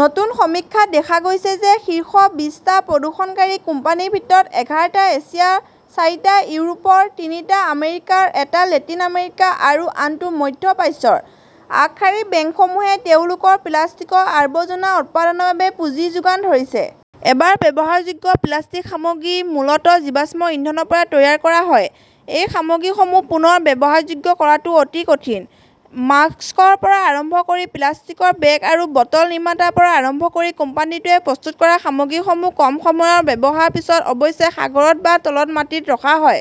নতুন সমীক্ষাত দেখা গৈছে যে শীৰ্ষ বিছটা প্ৰদূষণকাৰী কোম্পানীৰ ভিতৰত এঘাৰ​টা এছিয়াৰ, চাৰিটা ইউৰোপৰ, তিনিটা আমেৰিকাৰ, এটা লেটিন আমেৰিকাৰ আৰু আনটো মধ্য প্ৰাচ্যৰ। আগশাৰীৰ বেংকসমূহে তেওঁলোকৰ প্লাষ্টিকৰ আৱৰ্জনা উৎপাদনৰ বাবে পুঁজি যোগান ধৰিছে। এবাৰ ব্যৱহাৰযোগ্য প্লাষ্টিক সামগ্ৰী মূলত জীৱাশ্ম ইন্ধনৰ পৰা তৈয়াৰ কৰা হয়। এই সামগ্ৰীসমূহ পুনৰ ব্যৱহাৰযোগ্য কৰাটো অতি কঠিন। ম্মাস্কৰ পৰা আৰম্ভ কৰি প্লাষ্টিকৰ বেগ আৰু বটল নিৰ্মাতাৰ পৰা আৰম্ভ কৰি কোম্পানীটোৱে প্ৰস্তুত কৰা সামগ্ৰীসমূহ কম সময়ৰ ব্যৱহাৰৰ পিছত অৱশেষত সাগৰত বা তলৰ মাটিত ৰখা হয়।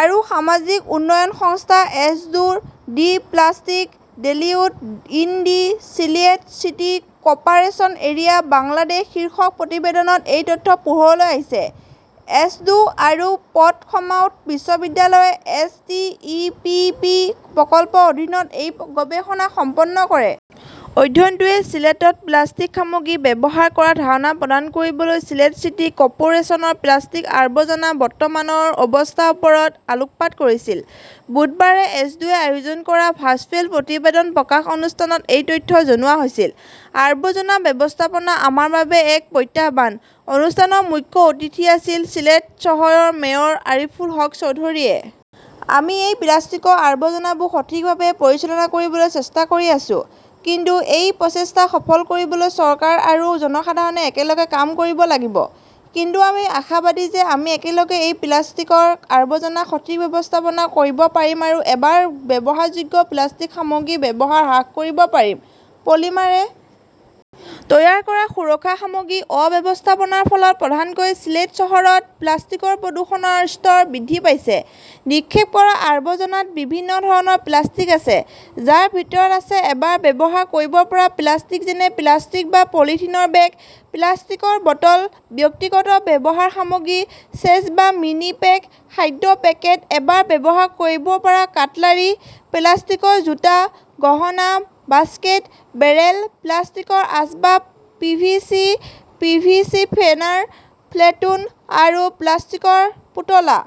আৰু সামাজিক উন্নয়ন সংস্থা-এছডোৰ, the plastic deluge in the Sylhet city corporation area, Bangladesh শীৰ্ষক প্ৰতিবেদনত এই তথ্য পোহৰলৈ আহিছে। এছডো আৰু প'ৰ্টসমাউথ বিশ্ববিদ্যালয়ে S. T. E. P. P. প্ৰকল্পৰ অধীনত এই গৱেষণা সম্পন্ন কৰে। অধ্যয়নটোৱে চিলেটত প্লাষ্টিক সামগ্ৰী ব্যৱহাৰ কৰাৰ ধাৰণা প্ৰদান কৰিবলৈ চিলেট চিটি কৰ্পোৰেচনৰ প্লাষ্টিক আৱৰ্জনাৰ বৰ্তমানৰ অৱস্থাৰ ওপৰত আলোকপাত কৰিছিল। বুধবাৰে এছডোৱে আয়োজন কৰা ভাৰ্চুৱেল প্ৰতিবেদন প্ৰকাশ অনুষ্ঠানত এই তথ্য জনোৱা হৈছিল। "আৱৰ্জনা ব্যৱস্থাপনা আমাৰ বাবে এক প্ৰত্যাহ্বান", অনুষ্ঠানৰ মুখ্য অতিথি আছিল চিলেট চহৰৰ মেয়ৰ আৰিফুল হক চৌধুৰীয়ে। আমি এই প্লাষ্টিকৰ আৱৰ্জনাবোৰ সঠিকভাৱে পৰিচালনা কৰিবলৈ চেষ্টা কৰি আছো। কিন্তু এই প্ৰচেষ্টা সফল কৰিবলৈ চৰকাৰ আৰু জনসাধাৰণে একেলগে কাম কৰিব লাগিব। কিন্তু আমি আশাবাদী যে আমি একেলগে এই প্লাষ্টিকৰ আৱৰ্জনাৰ সঠিক ব্যৱস্থাপনা কৰিব পাৰিম আৰু এবাৰ ব্যৱহাৰযোগ্য প্লাষ্টিক সামগ্ৰীৰ ব্যৱহাৰ হ্ৰাস কৰিব পাৰিম। পলিমাৰে তৈয়াৰ কৰা সুৰক্ষা সামগ্ৰীৰ অব্যৱস্থাপনাৰ ফলত প্ৰধানকৈ চিলেট চহৰত প্লাষ্টিকৰ প্ৰদূষণৰ স্তৰ বৃদ্ধি পাইছে। নিক্ষেপ কৰা আৱৰ্জনাত বিভিন্ন ধৰণৰ প্লাষ্টিক আছে, যাৰ ভিতৰত আছে এবাৰ ব্যৱহাৰ কৰিব পৰা প্লাষ্টিক যেনে প্লাষ্টিক বা পলিথিনৰ বেগ, প্লাষ্টিকৰ বটল, ব্যক্তিগত ব্যৱহাৰৰ সামগ্ৰী, চেচ বা মিনি পেক, খাদ্যৰ পেকেট, এবাৰ ব্যৱহাৰ কৰিব পৰা কাটলাৰী, প্লাষ্টিকৰ জোতা, গহনা, বাস্কেট, বেৰেল, প্লাষ্টিকৰ আচবাব, PVC fitting, PVC banner, festoon আৰু প্লাষ্টিকৰ পুতলা।